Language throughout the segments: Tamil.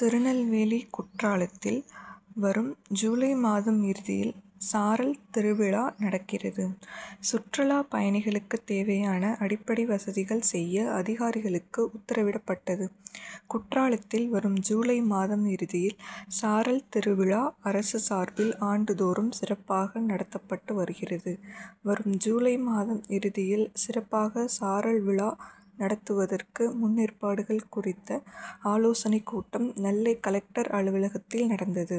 திருநெல்வேலி குற்றாலத்தில் வரும் ஜூலை மாதம் இறுதியில் சாரல் திருவிழா நடக்கிறது. சுற்றுலா பயணிகளுக்கு தேவையான அடிப்படை வசதிகள் செய்ய அதிகாரிகளுக்கு உத்தரவிடப்பட்டது. குற்றாலத்தில் வரும் ஜூலை மாதம் இறுதியில் சாரல் திருவிழா அரசு சார்பில் ஆண்டு தோறும் சிறப்பாக நடத்தப்பட்டு வருகிறது. வரும் ஜூலை மாதம் இறுதியில் சிறப்பாக சாரல் விழா நடத்துவதற்கு முன்னேற்பாடுகள் குறித்த ஆலோசனை கூட்டம் நெல்லை கலெக்டர் அலுவலகத்தில் நடந்தது.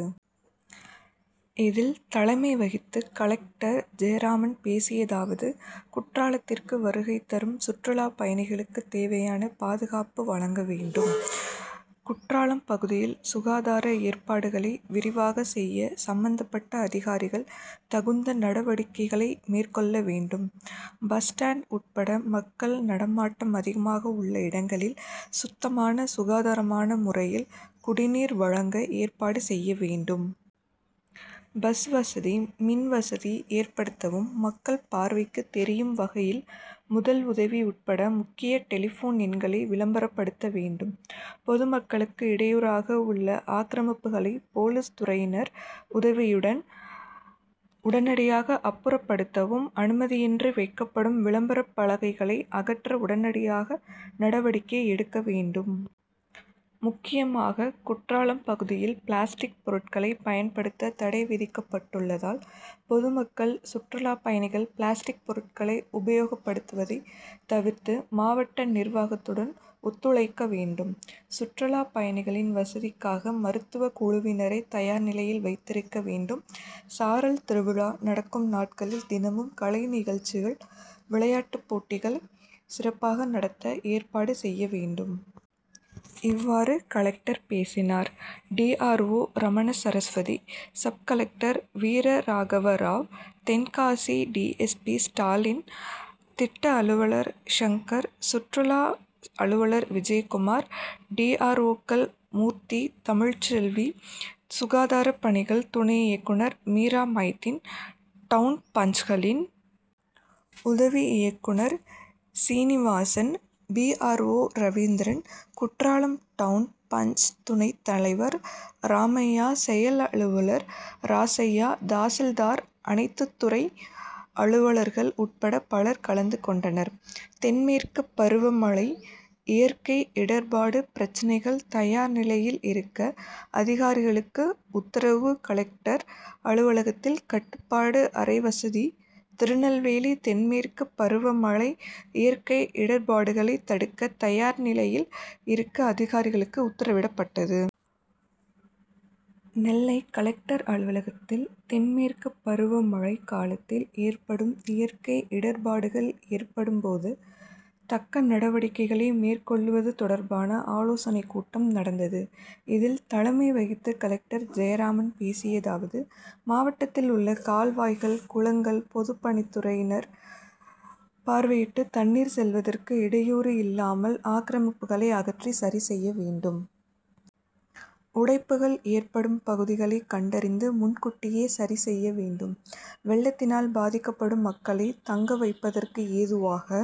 இதில் தலைமை வகித்து கலெக்டர் ஜெயராமன் பேசியதாவது குற்றாலத்திற்கு வருகை தரும் சுற்றுலா பயணிகளுக்கு தேவையான பாதுகாப்பு வழங்க வேண்டும். குற்றாலம் பகுதியில் சுகாதார ஏற்பாடுகளை விரிவாக செய்ய சம்பந்தப்பட்ட அதிகாரிகள் தகுந்த நடவடிக்கைகளை மேற்கொள்ள வேண்டும். பஸ் ஸ்டான்ட் உட்பட மக்கள் நடமாட்டம் அதிகமாக உள்ள இடங்களில் சுத்தமான சுகாதாரமான முறையில் குடிநீர் வழங்க ஏற்பாடு செய்ய வேண்டும். பஸ் வசதி மின் வசதி ஏற்படுத்தவும் மக்கள் பார்வைக்கு தெரியும் வகையில் முதல் உதவி உட்பட முக்கிய டெலிபோன் எண்களை விளம்பரப்படுத்த வேண்டும். பொதுமக்களுக்கு இடையூறாக உள்ள ஆக்ரமிப்புகளை போலீஸ் துறையினர் உதவியுடன் உடனடியாக அப்புறப்படுத்தவும் அனுமதியின்றி வைக்கப்படும் விளம்பர பலகைகளை அகற்ற உடனடியாக நடவடிக்கை எடுக்க வேண்டும். முக்கியமாக குற்றாலம் பகுதியில் பிளாஸ்டிக் பொருட்களை பயன்படுத்த தடை விதிக்கப்பட்டுள்ளதால் பொதுமக்கள் சுற்றுலா பயணிகள் பிளாஸ்டிக் பொருட்களை உபயோகப்படுத்துவதை தவிர்த்து மாவட்ட நிர்வாகத்துடன் ஒத்துழைக்க வேண்டும். சுற்றுலா பயணிகளின் வசதிக்காக மருத்துவ குழுவினரை தயார் நிலையில் வைத்திருக்க வேண்டும். சாரல் திருவிழா நடக்கும் நாட்களில் தினமும் கலைநிகழ்ச்சிகள் விளையாட்டு போட்டிகளை சிறப்பாக நடத்த ஏற்பாடு செய்ய வேண்டும். இவ்வாறு கலெக்டர் பேசினார். D. R. O Ramana Saraswathi sub collector வீரராகவராவ் Tenkasi D. S. P Stalin திட்ட அலுவலர் சங்கர் சுற்றுலா அலுவலர் விஜயகுமார் ஆர். டி. ஓக்கள் மூர்த்தி தமிழ்செல்வி சுகாதார பணிகள் துணை இயக்குனர் மீரா மைதீன் டவுன் பஞ்களின் உதவி இயக்குனர் Srinivasan P. R. O Ravindran Courtallam town பஞ்.துணைத் தலைவர் ராமையா செயல் அலுவலர் ராசையா தாசில்தார்கள் அனைத்து துறை அலுவலர்கள் உட்பட பலர் கலந்து கொண்டனர். தென் மேற்கு பருவ மழை இயற்கை இடர்பாடு பிரச்னைகள் தயார் நிலையில் இருக்க அதிகாரிகளுக்கு உத்தரவு கலெக்டர் அலுவலகத்தில் கட்டுப்பாட்டு அறை வசதி திருநெல்வேலி தென் மேற்கு பருவ மழை இயற்கை இடர்பாடுகளை தடுக்க தயார் நிலையில் இருக்க அதிகாரிகளுக்கு உத்தரவிடப்பட்டது. நெல்லை கலெக்டர் அலுவலகத்தில் தென் மேற்கு பருவ மழை காலத்தில் ஏற்படும் இயற்கை இடர்பாடுகள் ஏற்படும் போது தக்க நடவடிக்கைகளை மேற்கொள்வது தொடர்பான ஆலோசனை கூட்டம் நடந்தது. இதில் தலைமை வகித்து கலெக்டர் ஜெயராமன் பேசியதாவது மாவட்டத்தில் உள்ள கால்வாய்கள் குளங்களை பொதுப்பணித் துறையினர் பார்வையிட்டு தண்ணீர் செல்வதற்கு இடையூறு இல்லாமல் ஆக்ரமிப்புகளை அகற்றி சரி செய்ய வேண்டும். உடைப்புகள் ஏற்படும் பகுதிகளை கண்டறிந்து முன்கூட்டியே சரி செய்ய வேண்டும். வெள்ளத்தினால் பாதிக்கப்படும் மக்களை தங்க வைப்பதற்கு ஏதுவாக